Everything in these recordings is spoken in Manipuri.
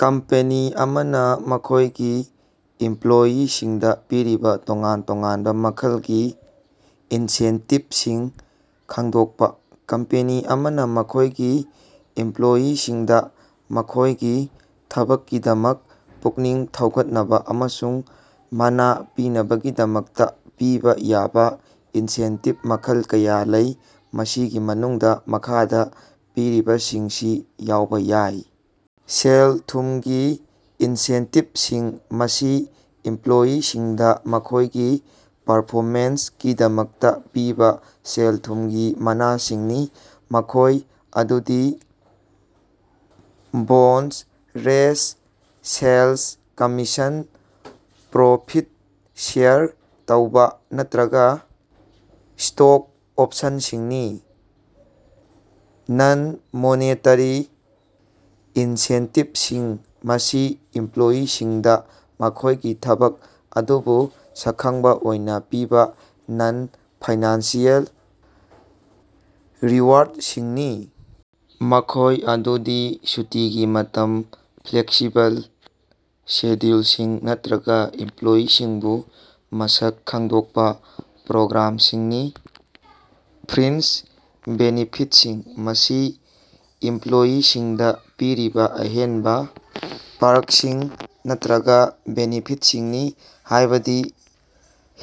ꯀꯝꯄꯦꯅꯤ ꯑꯃꯅꯥ ꯃꯈꯣꯏꯒꯤ ꯏꯝꯄ꯭ꯂꯣꯌꯤꯁꯤꯡꯗꯥ ꯄꯤꯔꯤꯕꯥ ꯇꯣꯉꯥꯟ ꯇꯣꯉꯥꯟꯕꯥ ꯃꯈꯜꯒꯤ ꯏꯟꯁꯦꯟꯇꯤꯚꯁꯤꯡ ꯈꯪꯗꯣꯛꯄꯥ꯫ ꯀꯝꯄꯦꯅꯤ ꯑꯃꯅꯥ ꯃꯈꯣꯏꯒꯤ ꯏꯝꯄ꯭ꯂꯣꯌꯤꯁꯤꯡꯗꯥ ꯃꯈꯣꯏꯒꯤ ꯊꯕꯛꯀꯤꯗꯃꯛ ꯄꯨꯛꯅꯤꯡ ꯊꯧꯒꯠꯅꯕꯥ ꯑꯃꯁꯨꯡ ꯃꯅꯥ ꯄꯤꯅꯕꯒꯤꯗꯃꯛꯇꯥ ꯄꯤꯕꯥ ꯌꯥꯕꯥ ꯏꯟꯁꯦꯟꯇꯤꯕ ꯃꯈꯜ ꯀꯌꯥ ꯂꯩ꯫ ꯃꯁꯤꯒꯤ ꯃꯅꯨꯡꯗꯥ ꯃꯈꯥꯗꯥ ꯄꯤꯔꯤꯕꯁꯤꯡꯁꯤ ꯌꯥꯎꯕꯥ ꯌꯥꯏ: ꯁꯦꯜ-ꯊꯨꯝꯒꯤ ꯏꯟꯁꯦꯟꯇꯤꯚꯁꯤꯡ ꯃꯁꯤ ꯏꯝꯄ꯭ꯂꯣꯌꯤꯁꯤꯡꯗꯥ ꯃꯈꯣꯏꯒꯤ ꯄꯔꯐꯣꯃꯦꯟꯁꯀꯤꯗꯃꯛꯇꯥ ꯄꯤꯕꯥ ꯁꯦꯜ-ꯊꯨꯝꯒꯤ ꯃꯅꯥꯁꯤꯡꯅꯤ ꯃꯈꯣꯏ ꯑꯗꯨꯗꯤ bonus raise sales commission profit share ꯇꯧꯕ ꯅꯠꯇ꯭ꯔꯒꯥ ꯁ꯭ꯇꯣꯛ ꯑꯣꯞꯁꯟꯁꯤꯡꯅꯤ꯫ ꯅꯟ-ꯃꯣꯅꯦꯇꯥꯔꯤ ꯏꯟꯁꯦꯟꯇꯤꯚꯁꯤꯡ: ꯃꯁꯤ ꯏꯝꯄ꯭ꯂꯣꯌꯤꯁꯤꯡꯗꯥ ꯃꯈꯣꯏꯒꯤ ꯊꯕꯛ ꯑꯗꯨꯕꯨ ꯁꯛꯈꯪꯕꯥ ꯑꯣꯏꯅꯥ ꯄꯤꯕꯥ ꯅꯟ-ꯐꯥꯏꯅꯥꯟꯁꯤꯑꯦꯜ ꯔꯤꯋꯥꯔꯗꯁꯤꯡꯅꯤ ꯃꯈꯣꯏ ꯑꯗꯨꯗꯤ ꯁꯨꯇꯤꯒꯤ ꯃꯇꯝ ꯐ꯭ꯂꯦꯛꯁꯤꯕꯜ ꯁꯦꯗ꯭ꯌꯨꯜꯁꯤꯡ ꯅꯠꯇ꯭ꯔꯒꯥ ꯏꯝꯄ꯭ꯂꯣꯌꯤꯁꯤꯡꯕꯨ ꯃꯁꯛ ꯈꯪꯗꯣꯛꯄꯥ ꯄ꯭ꯔꯣꯒ꯭ꯔꯥꯝꯁꯤꯡꯅꯤ꯫ ꯐ꯭ꯔꯤꯟꯖ ꯕꯦꯅꯤꯐꯤꯇꯁꯤꯡ: ꯃꯁꯤ ꯏꯝꯄ꯭ꯂꯣꯌꯤꯁꯤꯡꯗꯥ ꯄꯤꯔꯤꯕꯥ ꯑꯍꯦꯟꯕꯥ ꯄꯥꯔꯀꯁꯤꯡ ꯅꯠꯇ꯭ꯔꯒꯥ ꯕꯦꯅꯤꯐꯤꯠꯁꯤꯡꯅꯤ ꯍꯥꯏꯕꯗꯤ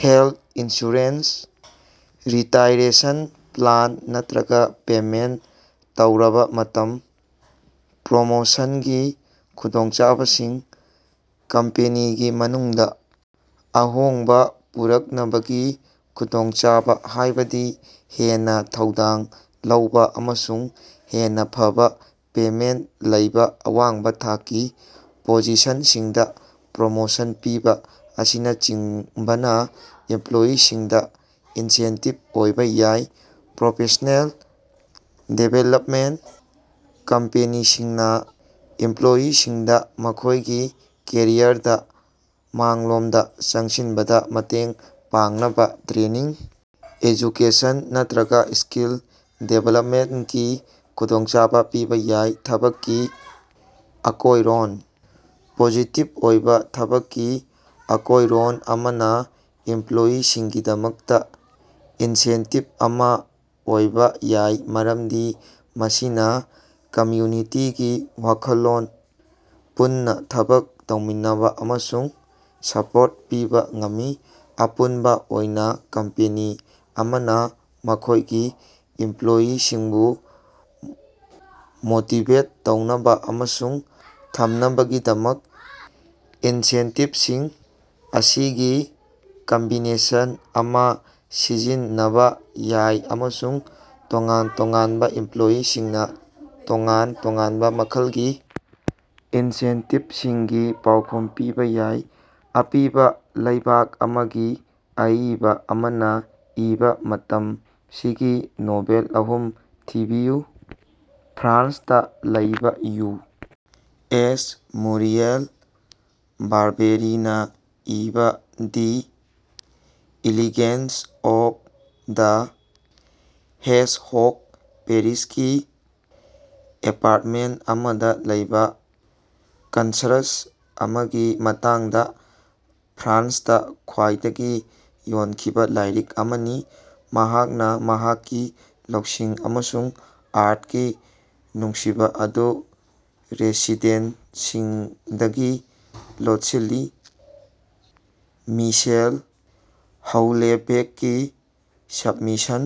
ꯍꯦꯂꯊ ꯏꯟꯁꯨꯔꯦꯟꯁ ꯔꯤꯇꯥꯏꯔꯦꯁꯟ ꯄ꯭ꯂꯥꯟ ꯅꯠꯇ꯭ꯔꯒꯥ ꯄꯦꯃꯦꯟꯠ ꯇꯧꯔꯕꯥ ꯃꯇꯝ꯫ ꯄ꯭ꯔꯣꯃꯣꯁꯟꯒꯤ ꯈꯨꯗꯣꯡꯆꯥꯕꯁꯤꯡ: ꯀꯝꯄꯦꯅꯤꯒꯤ ꯃꯅꯨꯡꯗꯥ ꯑꯍꯣꯡꯕꯥ ꯄꯨꯔꯛꯅꯕꯒꯤ ꯈꯨꯗꯣꯡꯆꯥꯕꯥ ꯍꯥꯏꯕꯗꯤ ꯍꯦꯟꯅꯥ ꯊꯧꯗꯥꯡ ꯂꯧꯕꯥ ꯑꯃꯁꯨꯡ ꯍꯦꯟꯅꯥ ꯐꯕꯥ ꯄꯦꯃꯦꯟꯠ ꯂꯩꯕꯥ ꯑꯋꯥꯡꯕꯥ ꯊꯥꯛꯀꯤ ꯄꯣꯖꯤꯁꯟꯁꯤꯡꯗꯥ ꯄ꯭ꯔꯣꯃꯣꯁꯟ ꯄꯤꯕꯥ ꯑꯁꯤꯅꯆꯤꯡꯕꯅꯥ ꯏꯝꯄ꯭ꯂꯣꯌꯤꯁꯤꯡꯗꯥ ꯏꯟꯁꯦꯟꯇꯤꯕ ꯑꯣꯏꯕꯥ ꯌꯥꯏ꯫ ꯄ꯭ꯔꯣꯐꯦꯁ꯭ꯅꯦꯜ ꯗꯤꯕꯦꯂꯞꯃꯦꯟꯠ: ꯀꯝꯄꯦꯅꯤꯁꯤꯡꯅꯥ ꯏꯝꯄ꯭ꯂꯣꯌꯤꯁꯤꯡꯗꯥ ꯃꯈꯣꯏꯒꯤ ꯀꯦꯔꯤꯌꯔꯗꯥ ꯃꯥꯡꯂꯣꯝꯗꯥ ꯆꯪꯁꯤꯟꯕꯗꯥ ꯃꯇꯦꯡ ꯄꯥꯡꯅꯕꯥ ꯇ꯭ꯔꯦꯅꯤꯡ ꯑꯦꯖꯨꯀꯦꯁꯟ ꯅꯠꯇ꯭ꯔꯒꯥ ꯁ꯭ꯀꯤꯜ ꯗꯤꯕꯦꯂꯞꯃꯦꯟꯠꯀꯤ ꯈꯨꯗꯣꯡꯆꯥꯕꯥ ꯄꯤꯕꯥ ꯌꯥꯏ꯫ ꯊꯕꯛꯀꯤ ꯑꯀꯣꯏꯔꯣꯟ: ꯄꯣꯖꯤꯇꯤꯚ ꯑꯣꯏꯕꯥ ꯊꯕꯛꯀꯤ ꯑꯀꯣꯏꯔꯣꯟ ꯑꯃꯅꯥ ꯏꯝꯄ꯭ꯂꯣꯌꯤꯁꯤꯡꯒꯤꯗꯃꯛꯇꯥ ꯏꯟꯁꯦꯟꯇꯤꯚ ꯑꯃꯥ ꯑꯣꯏꯕꯥ ꯌꯥꯏ ꯃꯔꯝꯗꯤ ꯃꯁꯤꯅꯥ ꯀꯃ꯭ꯌꯨꯅꯤꯇꯤꯒꯤ ꯋꯥꯈꯜꯂꯣꯟ ꯄꯨꯟꯅꯥ ꯊꯕꯛ ꯇꯧꯃꯤꯟꯅꯕꯥ ꯑꯃꯁꯨꯡ ꯁꯄꯣꯔꯠ ꯄꯤꯕꯥ ꯉꯝꯃꯤ꯫ ꯑꯄꯨꯟꯕꯥ ꯑꯣꯏꯅꯥ ꯀꯝꯄꯦꯅꯤ ꯑꯃꯅꯥ ꯃꯈꯣꯏꯒꯤ ꯏꯝꯄ꯭ꯂꯣꯌꯤꯁꯤꯡꯕꯨ ꯃꯣꯇꯤꯚꯦꯠ ꯇꯧꯅꯕꯥ ꯑꯃꯁꯨꯡ ꯊꯝꯅꯕꯒꯤꯗꯃꯛ ꯏꯟꯁꯦꯟꯇꯤꯚꯁꯤꯡ ꯑꯁꯤꯒꯤ ꯀꯝꯕꯤꯅꯦꯁꯟ ꯑꯃꯥ ꯁꯤꯖꯤꯟꯅꯕꯥ ꯌꯥꯏ ꯑꯃꯁꯨꯡ ꯇꯣꯉꯥꯟ ꯇꯣꯉꯥꯟꯕꯥ ꯏꯝꯄ꯭ꯂꯣꯌꯤꯁꯤꯡꯅꯥ ꯇꯣꯉꯥꯟ ꯇꯣꯉꯥꯟꯕꯥ ꯃꯈꯜꯒꯤ ꯏꯟꯁꯦꯟꯇꯤꯚꯁꯤꯡꯒꯤ ꯄꯥꯎꯈꯨꯝ ꯄꯤꯕꯥ ꯌꯥꯏ꯫ ꯑꯄꯤꯕꯥ ꯂꯩꯕꯥꯛ ꯑꯃꯒꯤ ꯑꯏꯕꯥ ꯑꯃꯅꯥ ꯏꯕꯥ ꯃꯇꯝꯁꯤꯒꯤ ꯅꯣꯚꯦꯜ ꯑꯍꯨꯝ ꯊꯤꯕꯤꯌꯨ꯫ ꯐ꯭ꯔꯥꯟꯁꯇꯥ ꯂꯩꯕꯥ ꯌꯨ. ꯑꯦꯁ ꯃꯨꯔꯤꯑꯦꯜ ꯕꯥꯔꯕꯦꯔꯤꯅꯥ ꯏꯕꯥ the elegance of the hedgehog ꯄꯦꯔꯤꯁꯀꯤ ꯑꯦꯄꯥꯔꯠꯃꯦꯟꯠ ꯑꯃꯗꯥ ꯂꯩꯕꯥ ꯀꯟꯁꯔꯖ ꯑꯃꯒꯤ ꯃꯇꯥꯡꯗꯥ ꯐ꯭ꯔꯥꯟꯁꯇꯥ ꯈ꯭ꯋꯥꯏꯗꯒꯤ ꯌꯣꯟꯈꯤꯕꯥ ꯂꯥꯏꯔꯤꯛ ꯑꯃꯅꯤ ꯃꯍꯥꯛꯅꯥ ꯃꯍꯥꯛꯀꯤ ꯂꯧꯁꯤꯡ ꯑꯃꯁꯨꯡ ꯑꯥꯔꯠꯀꯤ ꯅꯨꯡꯁꯤꯕꯥ ꯑꯗꯨ ꯔꯦꯁꯤꯗꯦꯟꯠꯁꯤꯡꯗꯒꯤ ꯂꯣꯠꯁꯤꯜꯂꯤ꯫ ꯃꯤꯁꯦꯜ ꯍꯧꯂꯦꯕꯦꯛꯀꯤ ꯁꯕꯃꯤꯁꯟ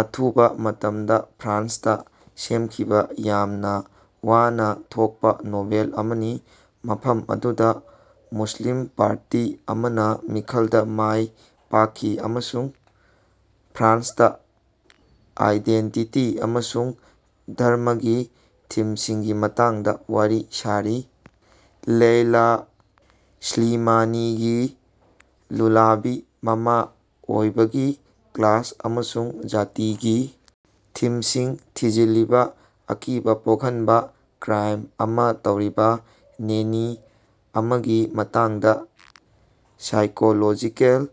ꯑꯊꯨꯕꯥ ꯃꯇꯝꯗ ꯐ꯭ꯔꯥꯟꯁꯇꯥ ꯁꯦꯃꯈꯤꯕꯥ ꯌꯥꯝꯅꯥ ꯋꯥꯅꯥ ꯊꯣꯀꯄꯥ ꯅꯣꯚꯦꯜ ꯑꯃꯅꯤ ꯃꯐꯝ ꯑꯗꯨꯗꯥ ꯃꯨꯁꯂꯤꯝ ꯄꯥꯔꯇꯤ ꯑꯃꯅꯥ ꯃꯤꯈꯜꯗꯥ ꯃꯥꯏ ꯄꯥꯛꯈꯤ ꯑꯃꯁꯨꯡ ꯐ꯭ꯔꯥꯟꯁꯇꯥ ꯑꯥꯏꯗꯦꯟꯇꯤꯇꯤ ꯑꯃꯁꯨꯡ ꯙꯔꯃꯒꯤ ꯊꯤꯝꯁꯤꯡꯒꯤ ꯃꯇꯥꯡꯗꯥ ꯋꯥꯔꯤ ꯁꯥꯔꯤ꯫ ꯂꯦꯏꯂꯥ ꯁ꯭ꯂꯤꯃꯥꯅꯤꯒꯤ ꯂꯨꯂꯥꯕꯤ ꯃꯃꯥ ꯑꯣꯏꯕꯒꯤ ꯀ꯭ꯂꯥꯁ ꯑꯃꯁꯨꯡ ꯖꯥꯇꯤꯒꯤ ꯊꯤꯝꯁꯤꯡ ꯊꯤꯖꯤꯜꯂꯤꯕꯥ ꯑꯀꯤꯕꯥ ꯄꯣꯛꯍꯟꯕꯥ ꯀ꯭ꯔꯥꯏꯝ ꯑꯃꯥ ꯇꯧꯔꯤꯕꯥ ꯅꯦꯅꯤ ꯑꯃꯒꯤ ꯃꯇꯥꯡꯗꯥ ꯁꯥꯏꯀꯣꯂꯣꯖꯤꯀꯦꯜ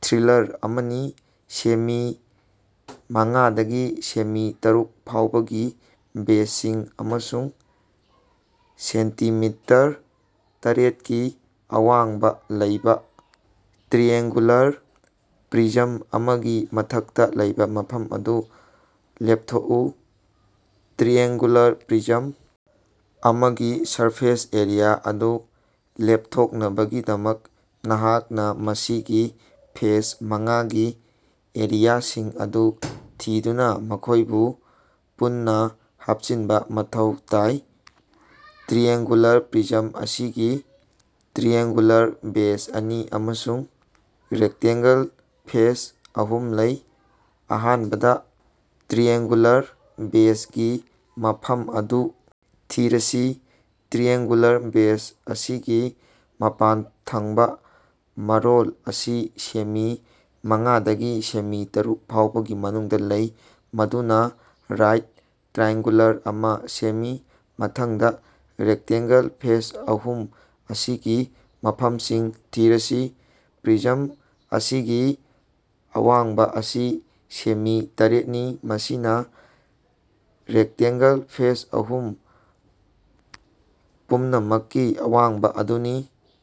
ꯊ꯭ꯔꯤꯂꯥꯔ ꯑꯃꯅꯤ꯫ ꯁꯦꯃꯤ ꯃꯉꯥꯗꯒꯤ ꯁꯦꯃꯤ ꯇꯔꯨꯛꯐꯥꯎꯕꯒꯤ ꯕꯦꯖꯁꯤꯡ ꯑꯃꯁꯨꯡ ꯁꯦꯟꯇꯤꯃꯤꯇꯔ ꯇꯔꯦꯠꯀꯤ ꯑꯋꯥꯡꯕꯥ ꯂꯩꯕꯥ ꯇ꯭ꯔꯤꯑꯦꯡꯒꯨꯂꯥꯔ ꯄ꯭ꯔꯤꯖꯝ ꯑꯃꯒꯤ ꯃꯊꯛꯇꯥ ꯂꯩꯕꯥ ꯃꯐꯝ ꯑꯗꯨ ꯂꯦꯞꯊꯣꯛꯎ꯫ ꯇ꯭ꯔꯤꯑꯦꯡꯒꯨꯂꯥꯔ ꯄ꯭ꯔꯤꯖꯝ ꯑꯃꯒꯤ ꯁꯔꯐꯦꯁ ꯑꯦꯔꯤꯌꯥ ꯑꯗꯨ ꯂꯦꯞꯊꯣꯛꯅꯕꯒꯤꯗꯃꯛ ꯅꯍꯥꯛꯅꯥ ꯃꯁꯤꯒꯤ ꯐꯦꯁ ꯃꯉꯥꯒꯤ ꯑꯦꯔꯤꯌꯥꯁꯤꯡ ꯑꯗꯨ ꯊꯤꯗꯨꯅꯥ ꯃꯈꯣꯏꯕꯨ ꯄꯨꯟꯅꯥ ꯍꯥꯞꯆꯤꯟꯕꯥ ꯃꯊꯧ ꯇꯥꯏ꯫ ꯇ꯭ꯔꯤꯑꯦꯡꯒꯨꯂꯥꯔ ꯄ꯭ꯔꯤꯖꯝ ꯑꯁꯤꯒꯤ ꯇ꯭ꯔꯤꯑꯦꯡꯒꯨꯂꯥꯔ ꯕꯦꯖ ꯑꯅꯤ ꯑꯃꯁꯨꯡ ꯔꯦꯛꯇꯦꯟꯒꯜ ꯐꯦꯁ ꯑꯍꯨꯝ ꯂꯩ꯫ ꯑꯍꯥꯟꯕꯗꯥ ꯇ꯭ꯔꯤꯑꯦꯡꯒꯨꯂꯥꯔ ꯕꯦꯖꯒꯤ ꯃꯐꯝ ꯑꯗꯨ ꯊꯤꯔꯁꯤ꯫ ꯇ꯭ꯔꯤꯑꯦꯡꯒꯨꯂꯥꯔ ꯕꯦꯖ ꯑꯁꯤꯒꯤ ꯃꯄꯥꯟꯊꯪꯕꯥ ꯃꯔꯣꯜ ꯑꯁꯤ ꯁꯦꯃꯤ ꯃꯉꯥꯗꯒꯤ ꯁꯦꯃꯤ ꯇꯔꯨꯛ ꯐꯥꯎꯕꯒꯤ ꯃꯅꯨꯡꯗꯥ ꯂꯩ ꯃꯗꯨꯅꯥ ꯔꯥꯏꯠ ꯇ꯭ꯔꯥꯏꯑꯦꯡꯒꯜ ꯑꯃꯥ ꯁꯦꯝꯃꯤ꯫ ꯃꯊꯪꯗꯥ ꯔꯦꯛꯇꯦꯟꯒꯜ ꯐꯦꯁ ꯑꯍꯨꯝ ꯑꯁꯤꯒꯤ ꯃꯐꯝꯁꯤꯡ ꯊꯤꯔꯁꯤ꯫ ꯄ꯭ꯔꯤꯖꯝ ꯑꯁꯤꯒꯤ ꯑꯋꯥꯡꯕꯥ ꯑꯁꯤ ꯁꯦꯃꯤ ꯇꯔꯦꯠꯅꯤ ꯃꯁꯤꯅꯥ ꯔꯦꯛꯇꯦꯟꯒꯜ ꯐꯦꯁ ꯑꯍꯨꯝ ꯄꯨꯝꯅꯃꯛꯀꯤ ꯑꯋꯥꯡꯕꯥ ꯑꯗꯨꯅꯤ꯫